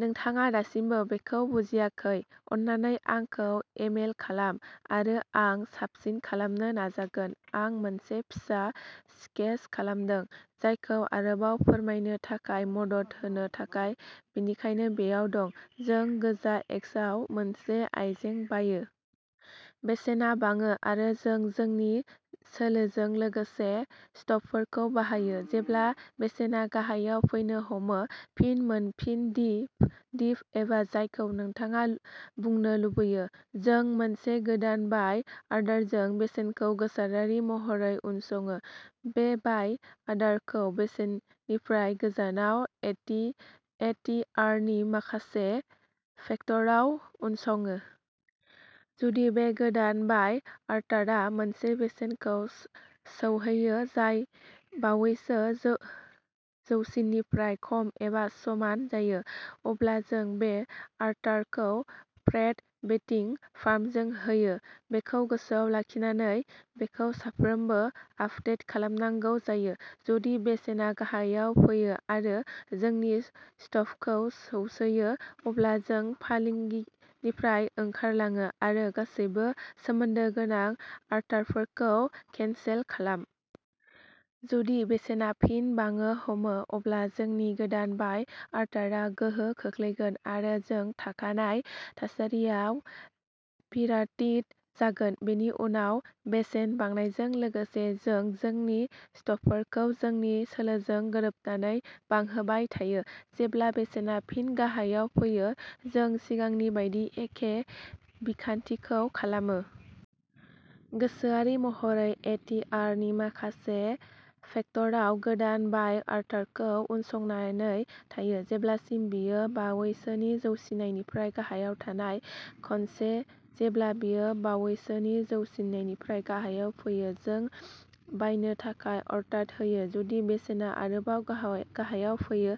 नोंथाङा दासिमबो बेखौ बुजियाखै, अन्नानै आंनो ए-मेल खालाम आरो आं साबसिन खालामनो नाजागोन। आं मोनसे फिसा स्केच खालामदों, जायखौ आरोबाव फोरमायनो थाखाय मदद होनो थाखाय। बेनिखायनो बेयाव दं। जों गोजा एक्सआव मोनसे आइजें बायो। बेसेना बाङो आरो जों जोंनि सोलोजों लोगोसे स्टपफोरखौ बांहोयो। जेब्ला बेसेना गाहायाव फैनो हमो, फिन मोनफिन, दिप एबा जायखौ नोंथाङा बुंनो लुबैयो, जों मोनसे गोदान बाय अर्डारजों बेसेनखौ गोसोआरि महरै उनसङो। बे बाय अर्डारखौ बेसेननिफ्राय गोजानाव एटि ए टि आर नि माखासे फैक्टरआव उनसङो। जुदि बे गोदान बाय अर्डारआ मोनसे बेसेनखौ सौ-सौहैयो जाय बावैसोनि जौ-जौसिननिफ्राय खम एबा समान जायो, अब्ला जों बे अर्डारखौ स्प्रेड बेटिं फार्मजों होयो, बेखौ गोसोआव लाखिनानै बेखौ सानफ्रोमबो आपडेट खालामनांगौ जागोन। जुदि बेसेना गाहायाव फैयो आरो जोंनि स्टपखौ सौसैयो, अब्ला जों फालांगिनिफ्राय ओंखारलाङो आरो गासैबो सोमोन्दो गोनां अर्डारफोरखौ केनसेल खालाम। जुदि बेसेनआ फिन बांनो हमो, अब्ला जोंनि गोदान बाय अर्डारआ गोहोम गोग्लैगोन आरो जों थाखानाय थासारियाव पिरामिड जागोन। बेनि उनाव बेसेन बांनायजों लोगोसे जों जोंनि स्टपफोरखौ जोंनि सोलोजों गोरोबनानै बांहोबाय थायो। जेब्ला बेसेना फिन गाहायाव फैयो, जों सिगांनि बायदि एखे बिखान्थिखौ खालामो। गोसोआरि महरै ए टि आर नि माखासे फैक्टरआव गोदान बाय अर्डारखौ उनसंनानै थायो जेब्लासिम बेयो बावैसोनि जौसिननिफ्राय गाहायाव थानाय। खनसे जेब्ला बेयो बावैसोनि जौसिननिफ्राय गाहायाव फैयो, जों बायनो थाखाय अर्डार होयो, जुदि बेसेना आरोबाव गाह गाहायाव फैयो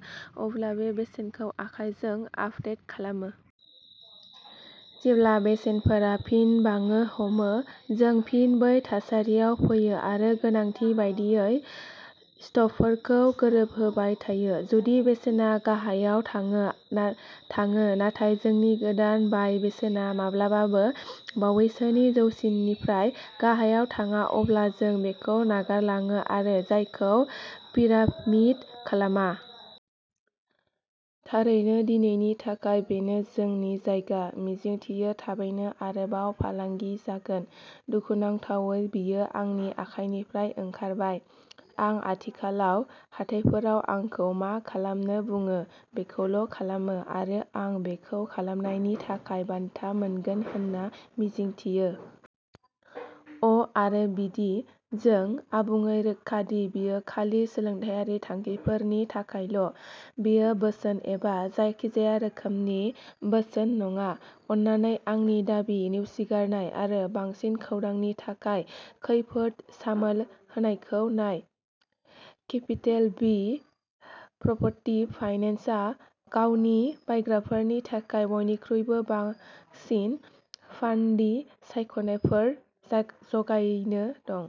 अब्ला बे बेसेनखौ आखाइजों आपडेट खालामो। जेब्ला बेसेनफोरा फिन बांनो हमो, जों फिन बै थासारियाव फैयो आरो गोनांथि बायदियै स्टपफोरखौ गोरोबहोबाय थायो। जुदि बेसेना गाहायाव थाङो थाङो ना-नाथाय जोंनि गोदान बाय बेसेना माब्लाबाबो बावैसोनि जौसिननिफ्राय गाहायाव थाङा, अब्ला जों बेखौ नागारलाङो आरो जायगाखौ पिरामिड खालामा। थारै दिनैनि थाखाय बेनो नोंनि जायगा। मिजिंथियो थाबैनो आरोबाव फालांगि जागोन, दुखुनांथावै बेयो आंनि आखाइनिफ्राय ओंखारबाय। आं आथिखालाव हाथाइफोरा आंखौ मा खालामनो बुङो बेखौल' खालामो आरो आं बेखौ खालामनायनि थाखाय बान्था मोनगोन होनना मिजिंथियो। अ आरो बिदि जों आबुङै रोखा दि बेयो खालि सोलोंथायारि थांखिफोरनि थाखायल'। बेयो बोसोन एबा जायखिजाया रोखोमनि बोसोन नङा। अन्नानै आंनि दाबि नेवसिगारनाय आरो बांसिन खौरांनि थाखाय खैफोद सामोल होनायखौ नाय। केपिटेल बि प्रप'र्टि फाइनेन्सआ गावनि बायग्राफोरनि थाखाय बयनिख्रुइ साबसिन फान्डिं सायख'नायफोर जगायनो दं।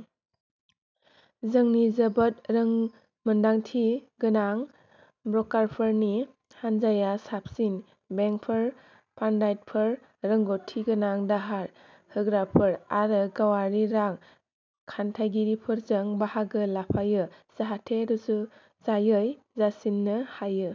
जोंनि जोबोद रोंमोनदांथि गोनां ब्र'कारफोरनि हानजाया साबसिन बेंकफोर, फान्डारफोर, रोंग'थि गोनां दाहार होग्राफोर आरो गावारि रां खाथायगिरिफोरजों बाहागो लाफायो जाहाथे रुजुजायै जासिनो हायो।